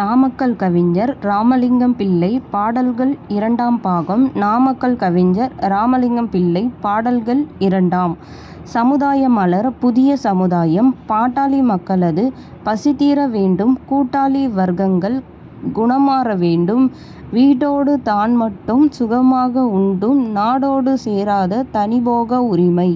நாமக்கல் கவிஞர் இராமலிங்கம் பிள்ளை பாடல்கள் இரண்டாம் பாகம் நாமக்கல் கவிஞர் இராமலிங்கம் பிள்ளை பாடல்கள் இரண்டாம். சமுதாய மலர். புதிய சமுதாயம் பாட்டாளி மக்களது பசிதீர வேண்டும்; கூட்டாளி வர்க்கங்கள் குணம்மாற வேண்டும்; வீட்டொடு தான்மட்டும் சுகமாக உண்டும் நாட்டோடு சேராத தனிபோக உரிமை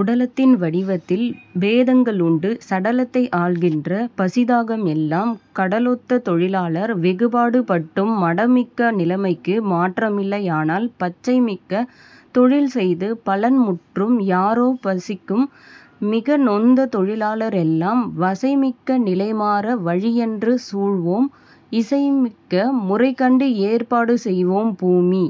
உடலத்தின் வடிவத்தில் பேதங்கள் உண்டு; சடலத்தை ஆள்கின்ற பசிதாகம் எல்லாம் கடலொத்த தொழிலாளர் வெகுபாடு பட்டும் மடமிக்க நிலைமைக்கு மாற்றில்லை யானால் பசைமிக்க தொழில்செய்து பலன்முற்றும் யாரோ பசிமிக்கு மிகநொந்த தொழிலாளர் எல்லாம் வசைமிக்க நிலைமாற வழியன்று சூழ்வோம் இசைமிக்க முறைகண்டு ஏற்பாடு செய்வோம் பூமி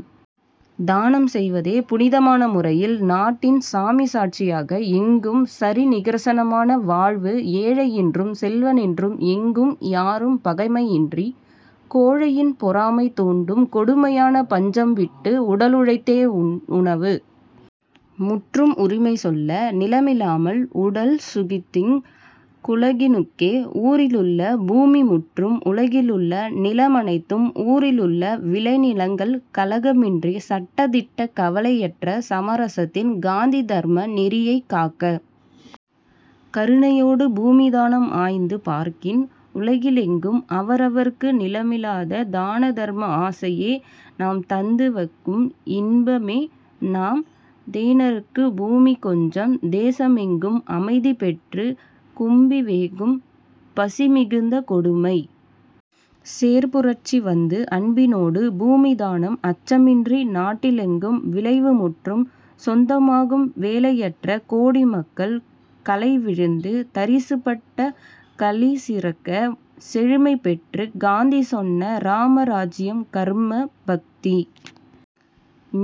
தானம் செய்வதே புனித மான முறையில் நாட்டின் சாமி சாட்சி யாக எங்கும் சரிநி கர்ச மான வாழ்வு ஏழை யென்றும் செல்வ னென்றும் எங்கும் யாரும் பகைமை யின்றிப் கோழை யின்பொ றாமை தூண்டும் கொடுமை யான பஞ்சம் விட்டுக் உடலு ழைத்தே உணவு முற்றும் உரிமை சொல்ல நிலமி லாமல் உடல் சுகித்திங் குலகி னுக்கே ஊரி லுள்ள பூமி முற்றும் உலகி லுள்ள நிலம னைத்தும் ஊரி லுள்ள விளைநி லங்கள் கலக மின்றிச் சட்ட திட்டக் கவலை யற்ற சமர சத்தின் காந்தி தர்ம நெறியைக் காக்கக் கருணை யோடு பூமி தானம் ஆய்ந்து பார்க்கின் உலகி லெங்கும் அவர வர்க்கு நிலமி லாத தான தர்ம ஆசை யேநம் தந்து வக்கும் இன்ப மேநம் தீன ருக்குப் பூமி கொஞ்சம் தேச மெங்கும் அமைதி பெற்றுத் கும்பி வேகும் பசிமி குந்த கொடுமை சேர்பு ரட்சி வந்து அன்பி னோடு பூமி தானம் அச்ச மின்றி நாட்டி லெங்கும் விளைவு முற்றும் சொந்த மாகும் வேலை யற்ற கோடி மக்கள் களைவி ழுந்து தரிசு பட்ட களிசி றக்கச் செழுமை பெற்றுக் காந்தி சொன்ன ராம ராஜ்யம் கர்ம, பக்தி,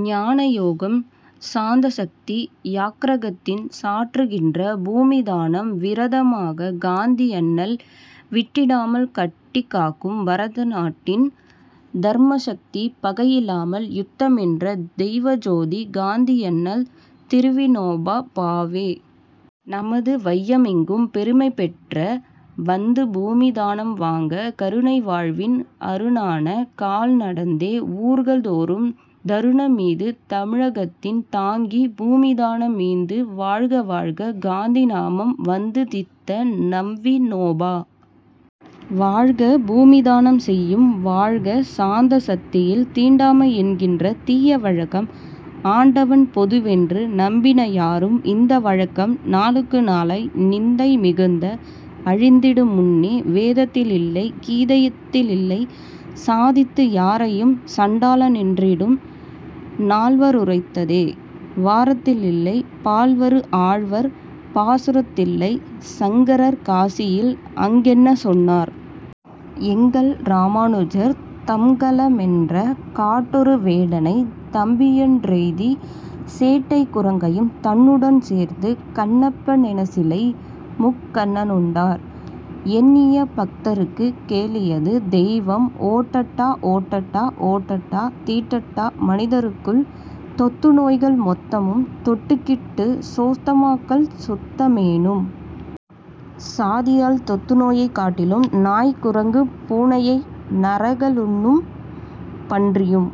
ஞான யோகம் சாந்த சத்தி யாக்ர கத்தின் சாற்று கின்ற பூமி தானம் விரத மாகக் காந்தி யண்ணல் விட்டி டாமல் கட்டிக் காக்கும் பரத நாட்டின் தர்ம சக்தி பகையி லாமல் யுத்த மென்ற தெய்வ ஜோதி காந்தி யண்ணல் திருவி னோபா பாவே நமது வைய மெங்கும் பெருமை பெற்ற வந்து பூமி தானம் வாங்க கருணை வாழ்வின் அருண னான கால் நடந்தே ஊர்கள் தோறும் தருண மீது தமிழ கத்தின் தாங்கிப் பூமி தான மீந்து வாழ்க வாழ்க காந்தி நாமம் வந்து தித்த நம்வி னோபா வாழ்க பூமி தானம் செய்யும் வாழ்க சாந்த சத்தியத்தில் தீண்டாமை என்கிற தீய வழக்கம் ஆண்டவன் பொதுவென்று நம்பின யாரும் இந்த வழக்கம் நாளுக்கு நாளாய் நிந்தை மிகுந்து அழிந்திடு முன்னே வேதத்தி லில்லை கீதையில் இல்லை சாதித்து யாரையும் சண்டாள னென்றிடும் நால்வ ருரைத்ததே வாரத்தி லில்லை பால்வரும் ஆழ்வார் பாசுரத் தில்லை சங்கரர் காசியில் அங்கென்ன சொன்னார்? எங்கள்ரா மானுஜர் தம்கல மென்றே காட்டொரு வேடனைத் தம்பியென் றெய்திக் சேட்டைக் குரங்கையும் தன்னுடன் சேர்த்துச் கண்ணப்ப னெச்சிலை முக்கண்ண னுண்டார்; எண்ணிய பக்தருக் கெளியது தெய்வம். ஓட்டடா! ஓட்டடா! ஓட்டடா! தீட்டடா மனிதருக்குள் தொத்து நோய்கள் மெத்தவும் தொட்டுக் கிட்டிச் சொஸ்தமாக்கல் சுத்த மேனும் ஜாதியால் தொத்து நோயைக் காட்டிலும் நாய்கு ரங்கு பூனையை நரக லுண்ணும் பன்றியும்